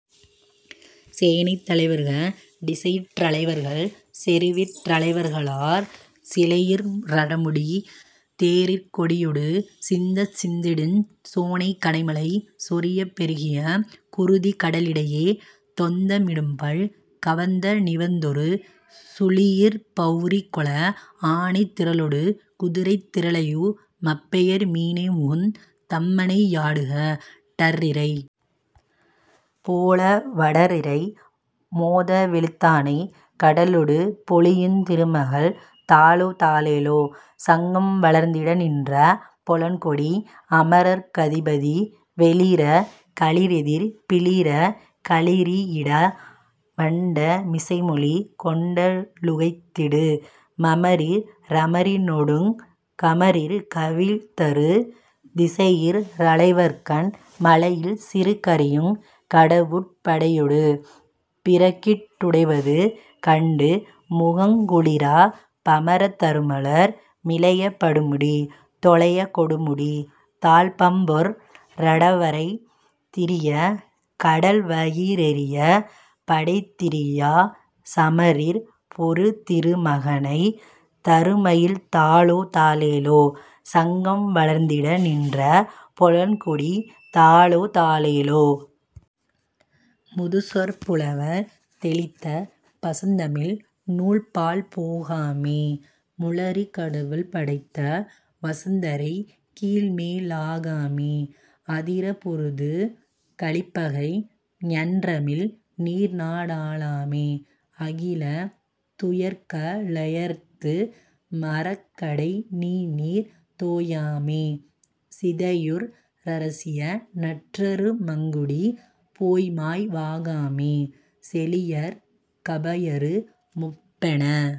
சேனைத் தலைவர்க டிசையிற் றலைவர்கள் செருவிற் றலைவர்களாற் சிலையிற் றடமுடி தேரிற் கொடியொடு சிந்தச் சிந்தியிடுஞ் சோனைக் கணைமழை சொரியப் பெருகிய குருதிக் கடலிடையே தொந்த மிடும்பல் கவந்த நிவந்தொரு சுழியிற் பவுரிகொள ஆனைத் திரளொடு குதிரைத் திரளையு மப்பெயர் மீனைமுகந் தம்மனை யாடுக டற்றிரை போல வடற்றிரை மோதவெழுந் தானைக் கடலொடு பொலியுந் திருமகள் தாலோ தாலேலோ சங்கம் வளர்ந்திட நின்ற பொலன்கொடி அமரர்க் கதிபதி வெளிறக் களிறெதிர் பிளிறக் குளிறியிடா வண்ட மிசைப்பொலி கொண்ட லுகைத்திடு மமரிற் றமரினொடுங் கமரிற் கவிழ்தரு திசையிற் றலைவர்கண் மலையில் சிறகரியுங் கடவுட் படையொடு பிறகிட் டுடைவது கண்டு முகங்குளிராப் பமரத் தருமலர் மிலையப் படுமுடி தொலையக் கொடுமுடி தாழ் பைம்பொற் றடவரை திரியக் கடல்வயி றெரியப் படைதிரியாச் சமரிற் பொருதிரு மகனைத் தருமயில் தாலோ தாலேலோ சங்கம் வளர்ந்திட நின்ற பொலன்கொடி தாலோ தாலேலோ. முதுசொற் புலவர் தெளித்த பசுந்தமிழ் நூல்பாழ் போகாமே முளரிக் கடவுள் படைத்த வசுந்தரை கீழ்மே லாகாமே அதிரப் பொருது கலிப்பகை ஞன்றமிழ் நீர்நா டாளாமே அகிலத் துயிர்க ளயர்த்து மறங்கடை நீணீர் தோயாமே சிதைவுற் றரசிய னற்றரு மங்குடி போய்மாய் வாகாமே செழியர்க் கபயரு மொப்பென